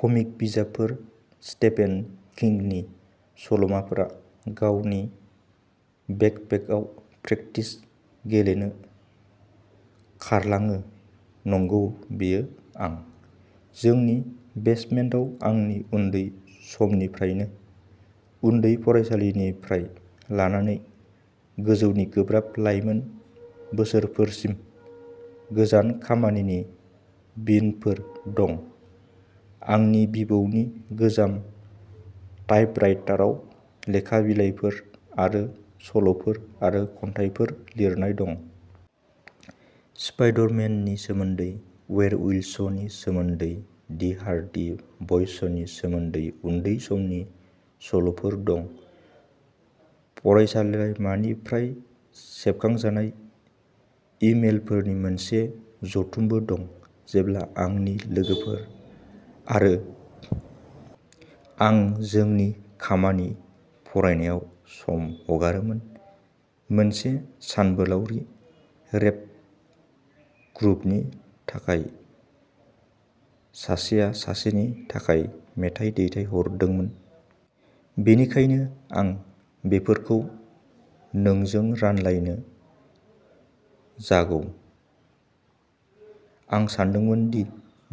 कमिक बिजाबफोर आरो स्टेफेन किंनि सल'माफोरा गावनि बेकपेकआव प्रेकटिस गेलेनो खारलाङो नंगौ बेयो आं। जोंनि बेसमेन्टाव आंनि उन्दै समनिफ्रायनो गुदि फरायसालिनिफ्राय लानानै गोजौनि गोब्राब लाइमोन बोसोरफोरसिम गोजान खामानिनि बिनफोर दं। आंनि बिबौनि गोजाम टाइपराइटाराव लेखा बिलाइफोर आरो सल'फोर आरो खन्थाइफोर लिरनाय दं। स्पाइडर-मेननि सोमोन्दै वेयरवुल्व्सनि सोमोन्दै दि हार्डि ब'य्सनि सोमोन्दै उन्दै समनि सल'फोर दं। फरायसालिमानिफ्राय सेबखांजानाय इमेलफोरनि मोनसे जुथुमबो दं जेब्ला आंनि लोगोफोर आरो आं जोंनि खामानि फरायनायाव सम हगारोमोन मोनसे सानबोलावरि रेप ग्रुपनि थाखाय सासेया सासेनि थाखाय मेथाइ दैथायहरदोंमोन। बेनिखायनो आं बेफोरखौ नोंजों रानलायनो जागौ। आं सानदोंमोन दि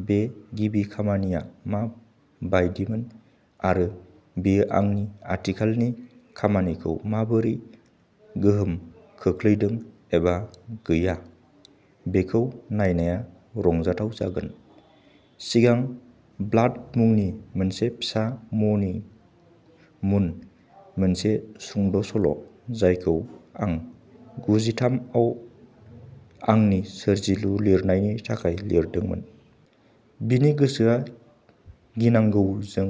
बे गिबि खामानिया मा बायदिमोन आरो बेयो आंनि आथिखालनि खामानिखौ माबोरै गोहोम खोख्लैदों एबा गैया-बेखौ नायनाया रंजाथाव जागोन। सिगां ब्लाड मुंनि मोनसे फिसा मणि मुन मोनसे सुंद'सल'जायखौ आं गुजिथाम आव आंनि सोरजिलु लिरनायनि थाखाय लिरदोंमोन। बिनि गोसोआ गिनांगौजों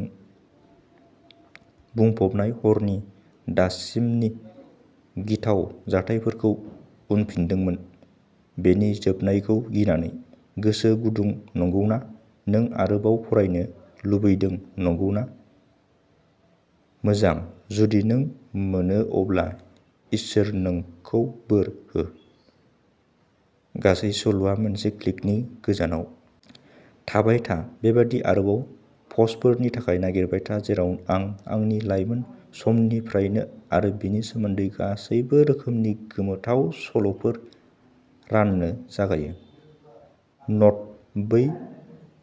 बुंफबनाय हरनि दासिमनि गिथाव जाथायफोरखौ उनफिनदोंमोन बेनि जोबनायखौ गिनानै। गोसो गुदुं नंगौना नों आरोबाव फरायनो लुबैदों नंगौना मोजां जुदि नों मोनो अब्ला इसोर नोंखौ बोर हो। गासै सल'आ मोनसे क्लिकनि गोजानाव। थाबाय था। बेबायदि आरोबाव पस्टफोरनि थाखाय नागिरबाय थानाय जेराव आं आंनि लाइमोन समनिफ्रायनो आरो बिनि सोमोन्दै गासैबो रोखोमनि गोमोथाव सल'फोर राननो जागायो। नोट बै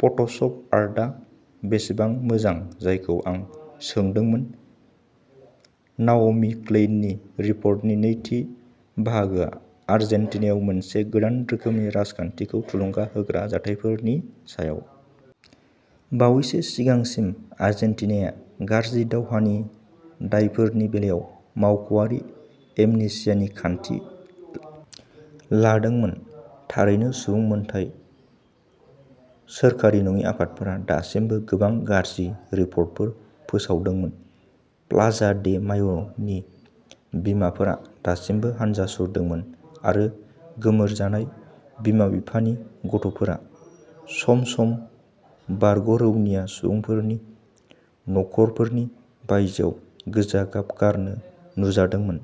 फट'शप आर्टआ बेसेबां मोजां जायखौ आं सोंदोंमोन नाओमी क्लेइननि रिपर्टनि नैथि बाहागोआ आर्जेन्टिनायाव मोनसे गोदान रोखोमनि राजखान्थिखौ थुलुंगा होग्रा जाथायफोरनि सायाव। बावैसो सिगांसिम आर्जेन्टिनाया गाज्रि दावहानि दायफोरनि बेलायाव मावख'आरि एमनेसियानि खान्थि लादोंमोन। थारैनो सुबुं मोनथाय सोरखारि नङि आफादफोरा दासिमबो गोबां गाज्रि रिपर्टफोर फोसावदोंमोन प्लाजा दे माय'नि बिमाफोरा दासिमबो हानजा सुरदोंमोन आरो गोमोरजानाय बिमा बिफानि गथ'फोरा सम सम बारग'रौनिया सुबुंफोरनि न'फोरनि बायजोआव गोजा गाब गारनो नुजादोंमोन।